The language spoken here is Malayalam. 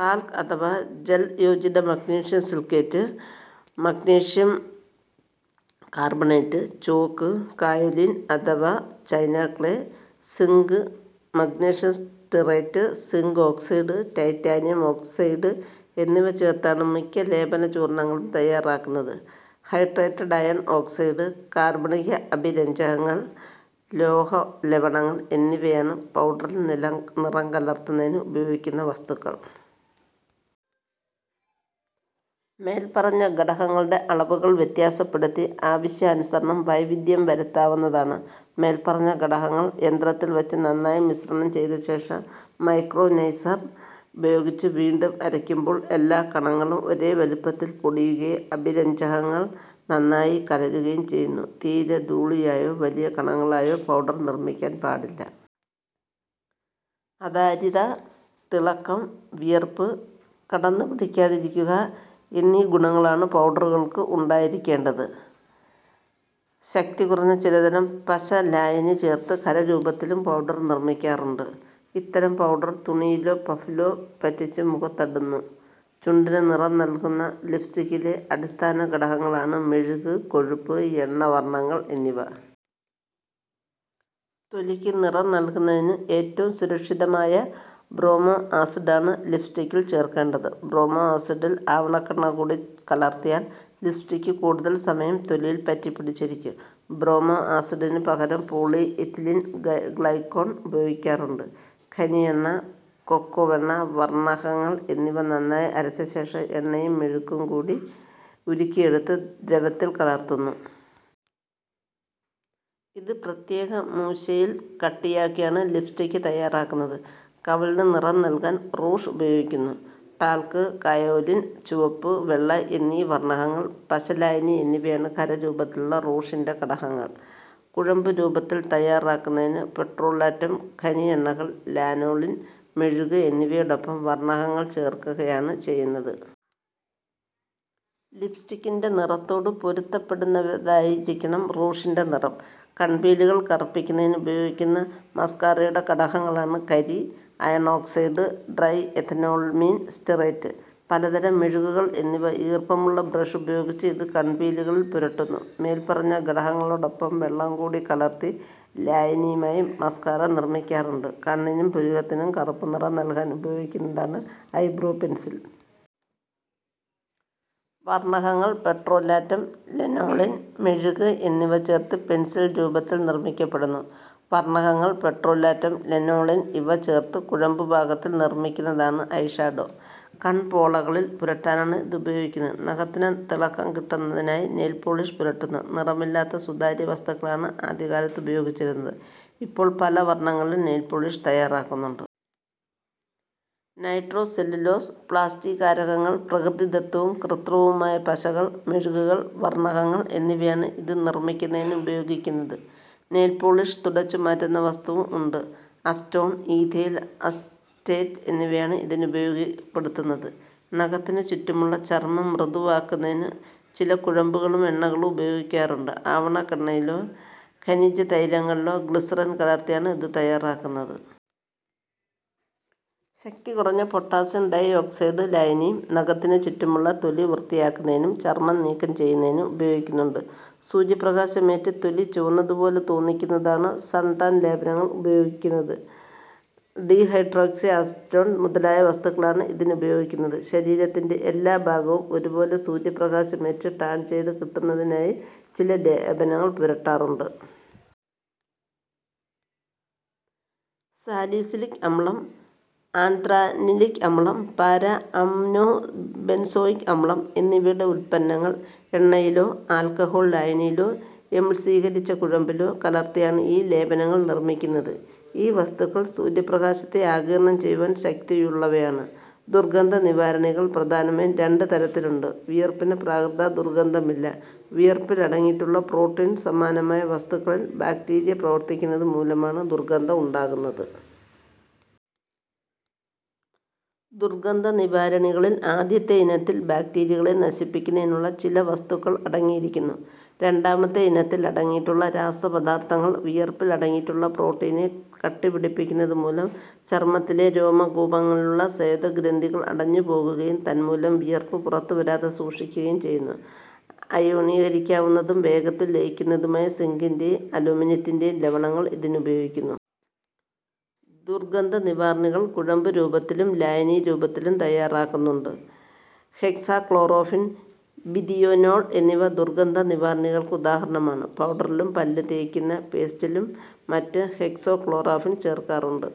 ടാൽക് അഥവാ ജലയോജിത magnesium silicate, magnesium carbonate, chalk, kaolin അഥവാ china clay, zinc magnesium stearate, zinc oxide, titanium oxide എന്നിവ ചേർത്താണ് മിക്ക ലേപനചൂർണങ്ങളും തയ്യാറാക്കുന്നത്. ഹൈഡ്രേറ്റഡ് അയൺ ഓക്സൈഡ്, കാർബണിക അഭിരഞ്ജകങ്ങൾ, ലോഹലവണങ്ങൾ എന്നിവയാണ് പൗഡറിൽ നിലം നിറം കലർത്തുന്നതിന് ഉപയോഗിക്കുന്ന വസ്തുക്കൾ. മേൽപ്പറഞ്ഞ ഘടകങ്ങളുടെ അളവുകൾ വ്യത്യാസപ്പെടുത്തി ആവശ്യാനുസരണം വൈവിധ്യം വരുത്താവുന്നതാണ്. മേൽപ്പറഞ്ഞ ഘടകങ്ങൾ യന്ത്രത്തിൽ വച്ച് നന്നായി മിശ്രണം ചെയ്ത ശേഷം മൈക്രോനൈസർ ഉപയോഗിച്ച് വീണ്ടും അരയ്ക്കുമ്പോൾ എല്ലാ കണങ്ങളും ഒരേ വലിപ്പത്തിൽ പൊടിയുകയും അഭിരഞ്ജകങ്ങൾ നന്നായി കലരുകയും ചെയ്യുന്നു. തീരെ ധൂളിയായോ, വലിയ കണങ്ങളായോ പൗഡർ നിർമ്മിക്കാൻ പാടില്ല. അതാര്യത, തിളക്കം, വിയർപ്പ് കടന്നുപിടിക്കാതിരിക്കുക എന്നീ ഗുണങ്ങളാണ് പൗഡറുകൾക്ക് ഉണ്ടായിരിക്കേണ്ടത്. ശക്തി കുറഞ്ഞ ചിലതരം പശലായിനി ചേർത്ത് ഖരരൂപത്തിലും പൗഡർ നിർമ്മിക്കാറുണ്ട്. ഇത്തരം പൗഡർ തുണിയിലോ പഫിലോ പറ്റിച്ച് മുഖത്തിടുന്നു. ചുണ്ടിന് നിറം നൽകുന്ന ലിപ്സ്റ്റിക്കിലെ അടിസ്ഥാന ഘടകങ്ങളാണ് മെഴുക്, കൊഴുപ്പ്, എണ്ണ, വർണകങ്ങൾ എന്നിവ. തൊലിക്ക് നിറം നൽകുന്നതിന് ഏറ്റവും സുരക്ഷിതമായ ബ്രോമോ ആസിഡാണ് ലിപ്സ്റ്റിക്കിൽ ചേർക്കേണ്ടത്. ബ്രോമോ ആസിഡിൽ ആവണക്കെണ്ണ കൂടി കലർത്തിയാൽ ലിപ്സ്റ്റിക് കൂടുതൽ സമയം തൊലിയിൽ പറ്റിപ്പിടിച്ചിരിക്കും. ബ്രോമോ ആസിഡിന് പകരം പോളി എഥിലീൻ ഗ്ലൈക്കോൾ ഉപയോഗിക്കാറുണ്ട്. ഖനി എണ്ണ, കൊക്കോവെണ്ണ, വർണകങ്ങൾ എന്നിവ നന്നായി അരച്ച ശേഷം എണ്ണയും മെഴുകും കൂടി ഉരുക്കിയെടുത്ത ദ്രവത്തിൽ കലർത്തുന്നു. ഇത് പ്രത്യേക മൂശയിൽ കട്ടിയാക്കിയാണ് ലിപ്സ്റ്റിക് തയ്യാറാക്കുന്നത്. കവിളിന് നിറം നൽകാൻ റൂഷ് ഉപയോഗിക്കുന്നു. ടാൽക്, കയോലിൻ, ചുവപ്പ്, വെള്ള എന്നീ വർണകങ്ങൾ, പശലായിനി എന്നിവയാണ് ഖരരൂപത്തിലുള്ള റൂഷിൻ്റെ ഘടകങ്ങൾ. കുഴമ്പുരൂപത്തിൽ തയ്യാറാക്കുന്നതിന് പെട്രോലാറ്റം, ഖനി എണ്ണകൾ, ലനോളിൻ, മെഴുക് എന്നിവയോടൊപ്പം വർണകങ്ങൾ ചേർക്കുകയാണ് ചെയ്യുന്നത്. ലിപ്സ്റ്റിക്കിൻ്റെ നിറത്തോടു പൊരുത്തപ്പെടുന്നതായിരിക്കണം റൂഷിൻ്റെ നിറം. കൺപീലികൾ കറുപ്പിക്കുന്നതിന് ഉപയോഗിക്കുന്ന മസ്കാറയുടെ ഘടകങ്ങളാണ് കരി, അയൺ ഓക്സൈഡ്, ട്രൈഎഥനോളമീൻ സ്റ്റീറേറ്റ്, പലതരം മെഴുകുകൾ എന്നിവ. ഈർപ്പമുള്ള ബ്രഷ് ഉപയോഗിച്ച് ഇത് കൺപീലികളിൽ പുരട്ടുന്നു. മേൽപ്പറഞ്ഞ ഘടകങ്ങളോടൊപ്പം വെള്ളം കൂടി കലർത്തി ലായനിയായും മസ്കാറ നിർമ്മിക്കാറുണ്ട്. കണ്ണിനും പുരികത്തിനും കറുപ്പുനിറം നൽകാൻ ഉപയോഗിക്കുന്നതാണ് ഐബ്രോ പെൻസിൽ. വർണകങ്ങൾ, പെട്രോലാറ്റം, ലനോളിൻ, മെഴുക് എന്നിവ ചേർത്ത് പെൻസിൽ രൂപത്തിൽ നിർമ്മിക്കപ്പെടുന്നു. വർണകങ്ങൾ, പെട്രോലാറ്റം, ലനോളിൻ ഇവ ചേർത്തു കുഴമ്പുപാകത്തിൽ നിർമ്മിക്കുന്നതാണ് ഐഷാഡോ. കൺപോളകളിൽ പുരട്ടാനാണ് ഇത് ഉപയോഗിക്കുന്നത്. നഖത്തിന് തിളക്കം കിട്ടുന്നതിനായി നെയിൽപോളിഷ് പുരട്ടുന്നു. നിറമില്ലാത്ത സുതാര്യ വസ്തുക്കളാണ് ആദ്യകാലത്ത് ഉപയോഗിച്ചിരുന്നത്. ഇപ്പോൾ പല വർണങ്ങളിലും നെയിൽപോളിഷ് തയ്യാറാക്കുന്നുണ്ട്. നൈട്രോസെല്ലുലോസ്, പ്ലാസ്റ്റീകാരകങ്ങൾ, പ്രകൃതിദത്തവും കൃത്രിമവുമായ പശകൾ, മെഴുകുകൾ, വർണകങ്ങൾ എന്നിവയാണ് ഇത് നിർമ്മിക്കുന്നതിന് ഉപയോഗിക്കുന്നത്. നെയിൽപോളിഷ് തുടച്ചുമാറ്റുന്ന വസ്തുവും ഉണ്ട്. അസറ്റോൺ, ഈഥൈൽ അസറ്റേറ്റ് എന്നിവയാണ് ഇതിന് ഉപയോഗപ്പെടുത്തുന്നത്. നഖത്തിന് ചുറ്റുമുള്ള ചർമം മൃദുവാക്കുന്നതിന് ചില കുഴമ്പുകളും എണ്ണകളും ഉപയോഗിക്കാറുണ്ട്. ആവണക്കെണ്ണയിലോ ഖനിജതൈലങ്ങളിലോ ഗ്ലിസറിൻ കലർത്തിയാണ് ഇത് തയ്യാറാക്കുന്നത്. ശക്തി കുറഞ്ഞ പൊട്ടാസ്യം ഡൈഓക്സൈഡ് ലായനിയും നഖത്തിന് ചുറ്റുമുള്ള തൊലി വൃത്തിയാക്കുന്നതിനും ചർമം നീക്കം ചെയ്യുന്നതിനും ഉപയോഗിക്കുന്നുണ്ട്. സൂര്യപ്രകാശമേറ്റ് തൊലി ചുവന്നതുപോലെ തോന്നിക്കുന്നതിനാണ് സൺടാൻ ലേപനങ്ങൾ ഉപയോഗിക്കുന്നത്. ഡിഹൈഡ്രോക്സി അസറ്റോൺ മുതലായ വസ്തുക്കളാണ് ഇതിന് ഉപയോഗിക്കുന്നത്. ശരീരത്തിൻ്റെ എല്ലാ ഭാഗവും ഒരുപോലെ സൂര്യപ്രകാശമേറ്റ് ടാൻ ചെയ്തു കിട്ടുന്നതിനായി ചില ലേപനങ്ങൾ പുരട്ടാറുണ്ട്. സാലിസിലിക് അമ്ലം, ആൻഥ്രാനലിക് അമ്ലം, പാരാ അമൈനോ ബെൻസോയിക് അമ്ലം എന്നിവയുടെ വ്യുൽപ്പന്നങ്ങൾ എണ്ണയിലോ ആൽക്കഹോൾ ലായനിയിലോ എമൾസീകരിച്ച കുഴമ്പിലോ കലർത്തിയാണ് ഈ ലേപനങ്ങൾ നിർമ്മിക്കുന്നത്. ഈ വസ്തുക്കൾ സൂര്യപ്രകാശത്തെ ആഗിരണം ചെയ്യുവാൻ ശക്തിയുള്ളവയാണ്. ദുർഗന്ധനിവാരിണികൾ പ്രധാനമായും രണ്ടു തരത്തിലുണ്ട്. വിയർപ്പിന് പ്രകൃത്യാ ദുർഗന്ധമില്ല. വിയർപ്പിൽ അടങ്ങിയിട്ടുള്ള പ്രോട്ടീൻ സമാനമായ വസ്തുക്കളിൽ ബാക്ടീരിയ പ്രവർത്തിക്കുന്നത് മൂലമാണ് ദുർഗന്ധം ഉണ്ടാകുന്നത്. ദുർഗന്ധനിവാരിണികളിൽ ആദ്യത്തെ ഇനത്തിൽ ബാക്ടീരിയകളെ നശിപ്പിക്കുന്നതിനുള്ള ചില വസ്തുക്കൾ അടങ്ങിയിരിക്കുന്നു. രണ്ടാമത്തെ ഇനത്തിൽ അടങ്ങിയിട്ടുള്ള രാസപദാർത്ഥങ്ങൾ വിയർപ്പിൽ അടങ്ങിയിട്ടുള്ള പ്രോട്ടീനിനെ കട്ടിപിടിപ്പിക്കുന്നത് മൂലം ചർമത്തിലെ രോമകൂപങ്ങളിലുള്ള സ്വേദഗ്രന്ഥികൾ അടഞ്ഞുപോകുകയും തൻമൂലം വിയർപ്പ് പുറത്തുവരാതെ സൂക്ഷിക്കുകയും ചെയ്യുന്നു. അയോണീകരിക്കാവുന്നതും വേഗത്തിൽ ലയിക്കുന്നതുമായ സിങ്കിൻ്റെയും അലുമിനിയത്തിൻ്റെയും ലവണങ്ങൾ ഇതിന് ഉപയോഗിക്കുന്നു. ദുർഗന്ധനിവാരിണികൾ കുഴമ്പുരൂപത്തിലും ലായനി രൂപത്തിലും തയ്യാറാക്കുന്നുണ്ട്. ഹെക്സാക്ലോറോഫീൻ, ബിഥിയോനോൾ എന്നിവ ദുർഗന്ധനിവാരിണികൾക്ക് ഉദാഹരണങ്ങളാണ്. പൗഡറിലും പല്ലുതേയ്ക്കുന്ന പേസ്റ്റിലും മറ്റും ഹെക്സാക്ലോറോഫീൻ ചേർക്കാറുണ്ട്.